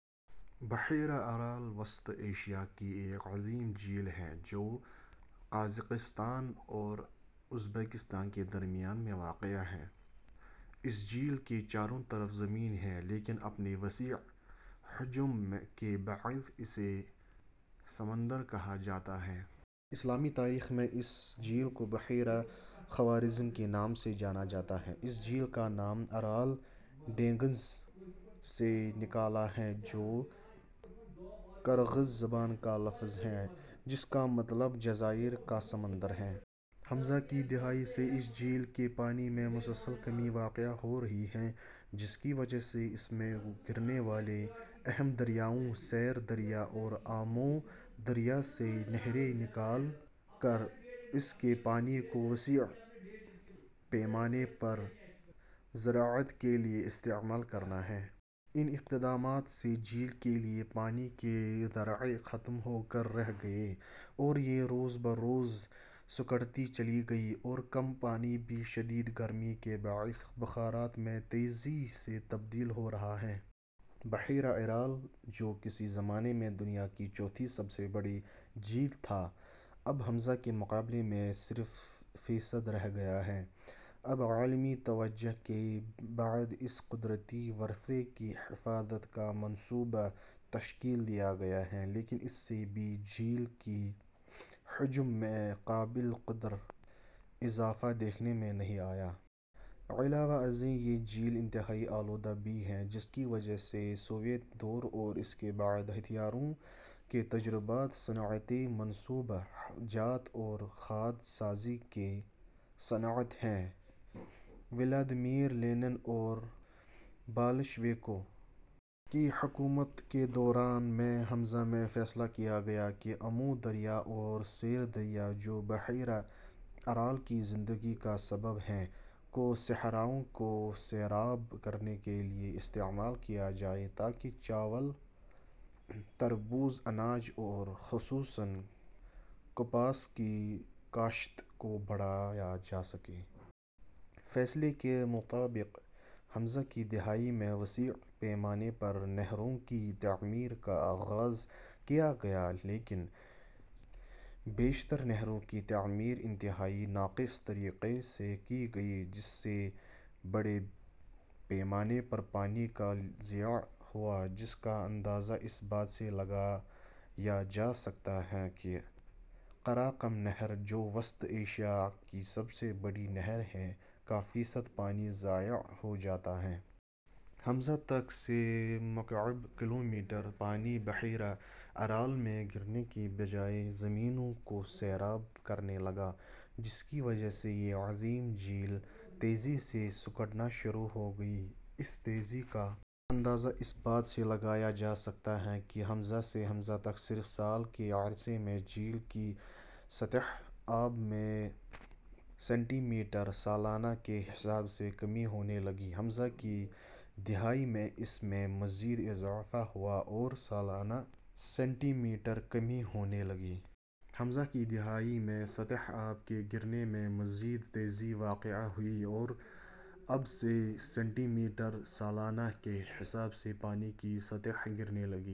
بحیرہ ارال وسط ایشیا کی ایک عظیم جھیل ہے جو قازقستان اور ازبکستان کے درمیان میں واقع ہے۔ اس جھیل کے چاروں طرف زمین ہے لیکن اپنے وسیع حجم کے باعث اسے سمندر کہا جاتا ہے۔ اسلامی تاریخ میں اس جھیل کو بحیرہ خوارزم کے نام سے جانا جاتا ہے۔ اس جھیل کا نام "ارال۔ ڈینگھز" سے نکلا ہے جو کرغز زبان کا لفظ ہے جس کا مطلب "جزائر کا سمندر" ہے۔ ء کی دہائی سے اس جھیل کے پانی میں مسلسل کمی واقع ہو رہی ہے جس کی وجہ اس میں گرنے والے اہم دریاؤں سیر دریا اور آمو دریا سے نہریں نکال کر اس کے پانی کو وسیع پیمانے پر زراعت کے لیے استعمال کرنا ہے۔ ان اقدامات سے جھیل کے لیے پانی کے ذرائع ختم ہو کر رہ گئے اور یہ روز بروز سکڑتی چلی گئی اور کم پانی بھی شدید گرمی کے باعث بخارات میں تیزی سے تبدیل ہو رہا ہے۔ بحیرہ ارال جو کسی زمانے میں دنیا کی چوتھی سب سے بڑی جھیل تھا اب ء کے مقابلے میں صرف فیصد رہ گیا ہے۔ اب عالمی توجہ کے بعد اس قدرتی ورثے کی حفاظت کا منصوبہ تشکیل دیا گیا ہے لیکن اس سے بھی جھیل کے حجم میں قابل قدر اضافہ دیکھنے میں نہیں آیا۔ علاوہ ازیں یہ جھیل انتہائی آلودہ بھی ہے جس کی وجہ سوویت دور اور اس کے بعد ہتھیاروں کے تجربات، صنعتی منصوبہ جات اور کھاد سازی کی صنعت ہے۔ ولادیمیر لینن اور بالشویکوں کی حکومت کے دوران میں ء میں فیصلہ کیا گیا کہ آمو دریا اور سیر دریا، جو بحیرہ ارال کی زندگی کا سبب ہیں، کو صحراؤں کو سیراب کرنے کے لیے استعمال کیا جائے تاکہ چاول ، تربوز ، اناج اور خصوصاً کپاس کی کاشت کو بڑھایا جاسکے۔ فیصلے کے مطابق ء کی دہائی میں وسیع پیمانے پر نہروں کی تعمیر کا آغاز کیا گیا لیکن بیشتر نہروں کی تعمیر انتہائی ناقص طریقے سے کی گئی جس سے بڑے پیمانے پر پانی کا ضیاع ہوا جس کا اندازہ اس بات سے لگایا جا سکتا ہے کہ قراقم نہر ، جو وسط ایشیا کی سب سے بڑی نہر ہے، کا فیصد پانی ضائع ہو جاتا ہے۔ ء تک سے مکعب کلومیٹر پانی بحیرہ ارال میں گرنے کی بجائے زمینوں کو سیراب کرنے لگا۔ جس کی وجہ سے یہ عظیم جھیل تیزی سے سکڑنا شروع ہو گئی۔ اس تیزی کا اندازہ اس بات سے لگایا جا سکتا ہے کہ ء سے ء تک صرف سال کے عرصے میں جھیل کی سطح آب میں سینٹی میٹر سالانہ کے حساب سے کمی ہونے لگی، ء کی دہائی میں اس میں مزید اضافہ ہوا اور سالانہ سینٹی میٹر کمی ہونے لگی۔ ء کی دہائی میں سطح آب کے گرنے میں مزید تیزی واقع ہوئی اور اب سے سینٹی میٹر سالانہ کے حساب سے پانی کی سطح گرنے لگی۔